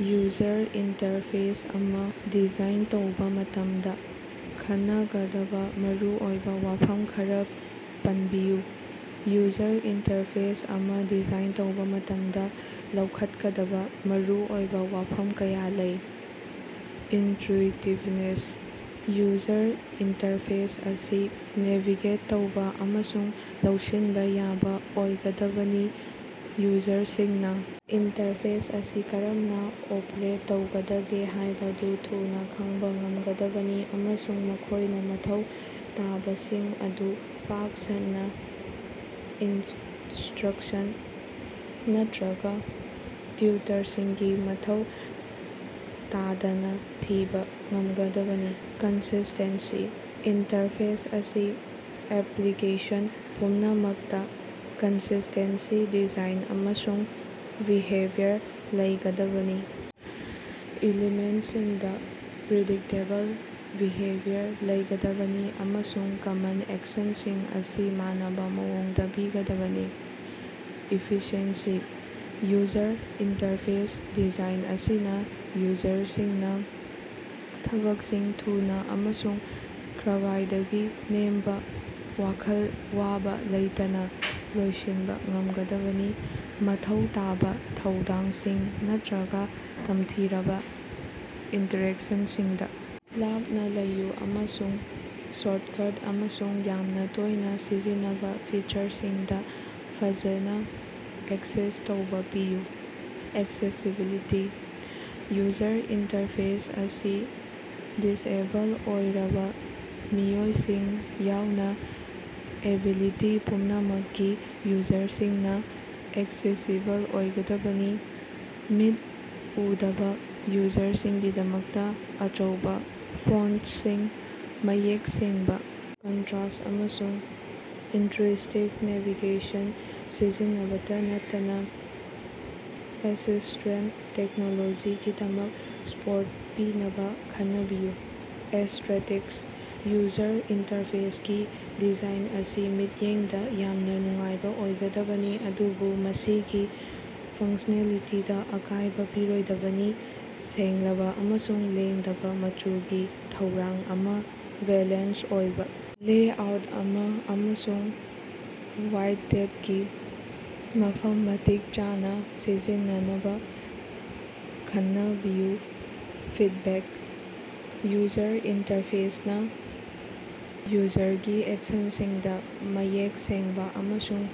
User interface ꯑꯃ design ꯇꯧꯕ ꯃꯇꯝꯗ ꯈꯟꯅꯒꯗꯕ ꯃꯔꯨꯑꯣꯏꯕ ꯋꯥꯐꯝ ꯈꯔ ꯄꯟꯕꯤꯌꯨ꯫ ꯌꯨꯖꯔ ꯏꯟꯇꯔꯐꯦꯁ ꯑꯃ ꯗꯤꯖꯥꯏꯟ ꯇꯧꯕ ꯃꯇꯝꯗ, ꯂꯧꯈꯠꯀꯗꯕ ꯃꯔꯨꯑꯣꯏꯕ ꯋꯥꯐꯝ ꯀꯌꯥ ꯂꯩ: ꯏꯟꯇ꯭ꯌꯨꯏꯇꯤꯚꯅꯦꯁ: ꯌꯨꯖꯔ ꯏꯟꯇꯔꯐꯦꯁ ꯑꯁꯤ ꯅꯦꯚꯤꯒꯦꯠ ꯇꯧꯕ ꯑꯃꯁꯨꯡ ꯂꯧꯁꯤꯟꯕ ꯌꯥꯕ ꯑꯣꯏꯒꯗꯕꯅꯤ꯫ ꯌꯨꯖꯔꯁꯤꯡꯅ ꯏꯟꯇꯔꯐꯦꯁ ꯑꯁꯤ ꯀꯔꯝꯅ ꯑꯣꯄꯔꯦꯠ ꯇꯧꯒꯗꯒꯦ ꯍꯥꯏꯕꯗꯨ ꯊꯨꯅ ꯈꯪꯕ ꯉꯝꯒꯗꯕꯅꯤ ꯑꯃꯁꯨꯡ ꯃꯈꯣꯏꯅ ꯃꯊꯧ ꯇꯥꯕꯁꯤꯡ ꯑꯗꯨ ꯄꯥꯛ ꯁꯟꯅ ꯏꯟꯁ꯭ꯇꯔꯛꯁꯟ ꯅꯠꯇ꯭ꯔꯒ ꯇ꯭ꯌꯨꯇꯔꯤꯌꯔꯁꯤꯡꯒꯤ ꯃꯊꯧ ꯇꯥꯗꯅ ꯊꯤꯕ ꯉꯝꯒꯗꯕꯅꯤ꯫ ꯀꯟꯁꯤꯁ꯭ꯇꯦꯟꯁꯤ: ꯏꯟꯇꯔꯐꯦꯁ ꯑꯁꯤ ꯑꯦꯄ꯭ꯂꯤꯀꯦꯁꯟ ꯄꯨꯝꯅꯃꯛꯇ ꯀꯟꯁꯤꯁ꯭ꯇꯦꯟꯁꯤ ꯗꯤꯖꯥꯏꯟ ꯑꯃꯁꯨꯡ ꯕꯤꯍꯦꯕꯤꯌꯔ ꯂꯩꯒꯗꯕꯅꯤ꯫ ꯏꯂꯤꯃꯦꯟꯇꯁꯤꯡꯗ ꯄ꯭ꯔꯤꯗꯤꯛꯇꯦꯕꯜ ꯕꯤꯍꯦꯕꯤꯌꯔ ꯂꯩꯒꯗꯕꯅꯤ, ꯑꯃꯁꯨꯡ ꯀꯃꯟ ꯑꯦꯛꯁꯟꯁꯤꯡ ꯑꯁꯤ ꯃꯥꯟꯅꯕ ꯃꯑꯣꯡꯗ ꯄꯤꯒꯗꯕꯅꯤ꯫ ꯏꯐꯤꯁꯤꯑꯦꯟꯁꯤ: ꯌꯨꯖꯔ ꯏꯟꯇꯔꯐꯦꯁ ꯗꯤꯖꯥꯏꯟ ꯑꯁꯤꯅ ꯌꯨꯖꯔꯁꯤꯡꯅ ꯊꯕꯛꯁꯤꯡ ꯊꯨꯅ ꯑꯃꯁꯨꯡ ꯈ꯭ꯕꯥꯏꯗꯒꯤ ꯅꯦꯝꯕ ꯋꯥꯈꯜ ꯋꯥꯕ ꯂꯩꯇꯅ ꯂꯣꯏꯁꯤꯟꯕ ꯉꯝꯍꯟꯒꯗꯕꯅꯤ꯫ ꯃꯊꯧ ꯇꯥꯗꯕ ꯈꯣꯡꯊꯥꯡꯁꯤꯡ ꯅꯠꯇ꯭ꯔꯒ ꯇꯝꯊꯤꯔꯕ ꯏꯟꯇꯔꯦꯛꯁꯟꯁꯤꯡꯗꯒꯤ ꯂꯥꯞꯅ ꯂꯩꯌꯨ, ꯑꯃꯁꯨꯡ ꯁꯣꯔꯇꯀꯠꯁꯤꯡ ꯑꯃꯁꯨꯡ ꯌꯥꯝꯅ ꯇꯣꯏꯅ ꯁꯤꯖꯤꯟꯅꯕ ꯐꯤꯆꯔꯁꯤꯡꯗ ꯐꯖꯅ ꯑꯦꯛꯁꯦꯁ ꯇꯧꯕ ꯄꯤꯌꯨ꯫ ꯑꯦꯛꯁꯦꯁꯤꯕꯤꯂꯤꯇꯤ: ꯌꯨꯖꯔ ꯏꯟꯇꯔꯐꯦꯁ ꯑꯁꯤ ꯗꯤꯁꯑꯦꯕꯜ ꯑꯣꯏꯔꯕ ꯃꯤꯑꯣꯏꯁꯤꯡ ꯌꯥꯎꯅ ꯑꯦꯕꯤꯂꯤꯇꯤ ꯄꯨꯝꯅꯃꯛꯀꯤ ꯌꯨꯖꯔꯁꯤꯡꯅ ꯑꯦꯛꯁꯦꯁꯤꯕꯜ ꯑꯣꯏꯒꯗꯕꯅꯤ꯫ ꯃꯤꯠ ꯎꯗꯕ ꯌꯨꯖꯔꯁꯤꯡꯒꯤꯗꯃꯛꯇ ꯑꯆꯧꯕ ꯐꯣꯟꯇꯁꯤꯡ, ꯃꯌꯦꯛ ꯁꯦꯡꯕ ꯀꯟꯇ꯭ꯔꯥꯁ ꯑꯃꯁꯨꯡ ꯏꯟꯇ꯭ꯌꯨꯏꯇꯤꯕ ꯅꯦꯚꯤꯒꯦꯁꯟ ꯁꯤꯖꯤꯟꯅꯕꯇ ꯅꯠꯇꯅ ꯑꯦꯁꯤꯁ꯭ꯇꯦꯟꯇ ꯇꯦꯛꯅꯣꯂꯣꯖꯤꯁꯤꯡꯒꯤꯗꯃꯛ ꯁꯄꯣꯔꯠ ꯄꯤꯅꯕ ꯈꯟꯅꯕꯤꯌꯨ꯫ ꯑꯦꯁ꯭ꯇꯦꯇꯤꯛꯁ: ꯌꯨꯖꯔ ꯏꯟꯇꯔꯐꯦꯁꯀꯤ ꯗꯤꯖꯥꯏꯟ ꯑꯁꯤ ꯃꯤꯠꯌꯦꯡꯗ ꯌꯥꯝꯅ ꯅꯨꯡꯉꯥꯏꯕ ꯑꯣꯏꯒꯗꯕꯅꯤ, ꯑꯗꯨꯕꯨ ꯃꯁꯤꯒꯤ ꯐꯪꯁꯅꯦꯂꯤꯇꯤꯗ ꯑꯀꯥꯏꯕ ꯄꯤꯔꯣꯏꯗꯕꯅꯤ꯫ ꯁꯦꯡꯂꯕ ꯑꯃꯁꯨꯡ ꯂꯦꯡꯗꯕ ꯃꯆꯨꯒꯤ ꯊꯧꯔꯥꯡ ꯑꯃ, ꯕꯦꯂꯦꯟꯁ ꯑꯣꯏꯕ ꯂꯦꯑꯥꯎꯠ ꯑꯃ ꯑꯃꯁꯨꯡ ꯋꯥꯏꯇꯦꯞꯀꯤ ꯃꯐꯝ ꯃꯇꯤꯛ ꯆꯥꯅ ꯁꯤꯖꯤꯟꯅꯅꯕ ꯈꯟꯅꯕꯤꯌꯨ꯫ ꯐꯤꯗꯕꯦꯛ: ꯌꯨꯖꯔ ꯏꯟꯇꯔꯐꯦꯁꯅ ꯌꯨꯖꯔꯒꯤ ꯑꯦꯛꯁꯟꯁꯤꯡꯗ ꯃꯌꯦꯛ ꯁꯦꯡꯕ ꯑꯃꯁꯨꯡ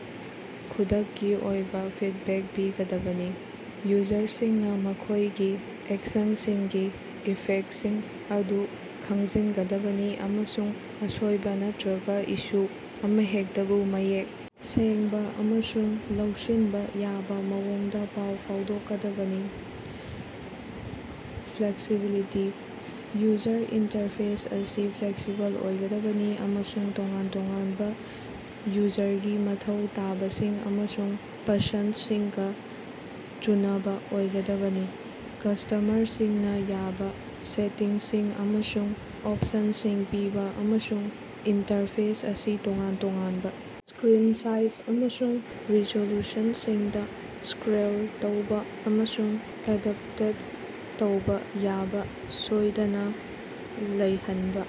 ꯈꯨꯗꯛꯀꯤ ꯑꯣꯏꯕ ꯐꯤꯗꯕꯦꯛ ꯄꯤꯒꯗꯕꯅꯤ꯫ ꯌꯨꯖꯔꯁꯤꯡꯅ ꯃꯈꯣꯏꯒꯤ ꯑꯦꯛꯁꯟꯁꯤꯡꯒꯤ ꯏꯐꯦꯛꯇꯁꯤꯡ ꯑꯗꯨ ꯈꯪꯖꯤꯟꯒꯗꯕꯅꯤ, ꯑꯃꯁꯨꯡ ꯑꯁꯣꯏꯕ ꯅꯠꯇ꯭ꯔꯒ ꯏꯁꯨ ꯑꯃꯍꯦꯛꯇꯕꯨ ꯃꯌꯦꯛ ꯁꯦꯡꯕ ꯑꯃꯁꯨꯡ ꯂꯧꯁꯤꯟꯕ ꯌꯥꯕ ꯃꯑꯣꯡꯗ ꯄꯥꯎ ꯐꯥꯎꯗꯣꯛꯀꯗꯕꯅꯤ꯫ ꯐ꯭ꯂꯦꯛꯁꯤꯕꯤꯂꯤꯇꯤ: ꯌꯨꯖꯔ ꯏꯟꯇꯔꯐꯦꯁ ꯑꯁꯤ ꯐ꯭ꯂꯦꯛꯁꯤꯕꯜ ꯑꯣꯏꯒꯗꯕꯅꯤ ꯑꯃꯁꯨꯡ ꯇꯣꯉꯥꯟ ꯇꯣꯉꯥꯟꯕ ꯌꯨꯖꯔꯒꯤ ꯃꯊꯧ ꯇꯥꯕꯁꯤꯡ ꯑꯃꯁꯨꯡ ꯄꯁꯟꯗꯁꯤꯡꯒꯥ ꯆꯨꯅꯕꯥ ꯑꯣꯏꯒꯗꯕꯅꯤ꯫ ꯀꯁ꯭ꯇꯃꯔꯁꯤꯡꯅ ꯌꯥꯕ ꯁꯦꯇꯤꯡꯁꯤꯡ ꯑꯃꯁꯨꯡ ꯑꯣꯞꯁꯟꯁꯤꯡ ꯄꯤꯕ ꯑꯃꯁꯨꯡ ꯏꯟꯇꯔꯐꯦꯁ ꯑꯁꯤ ꯇꯣꯉꯥꯟ-ꯇꯣꯉꯥꯟꯕ ꯁ꯭ꯀꯔꯤꯟ ꯁꯥꯏꯖ ꯑꯃꯁꯨꯡ ꯔꯤꯖꯣꯂꯨꯁꯟꯁꯤꯡꯗ ꯁ꯭ꯀꯦꯜ ꯇꯧꯕ ꯑꯃꯁꯨꯡ ꯑꯦꯗꯞꯇꯦꯠ ꯇꯧꯕ ꯌꯥꯕ ꯁꯣꯏꯗꯅ ꯂꯩꯍꯟꯕ꯫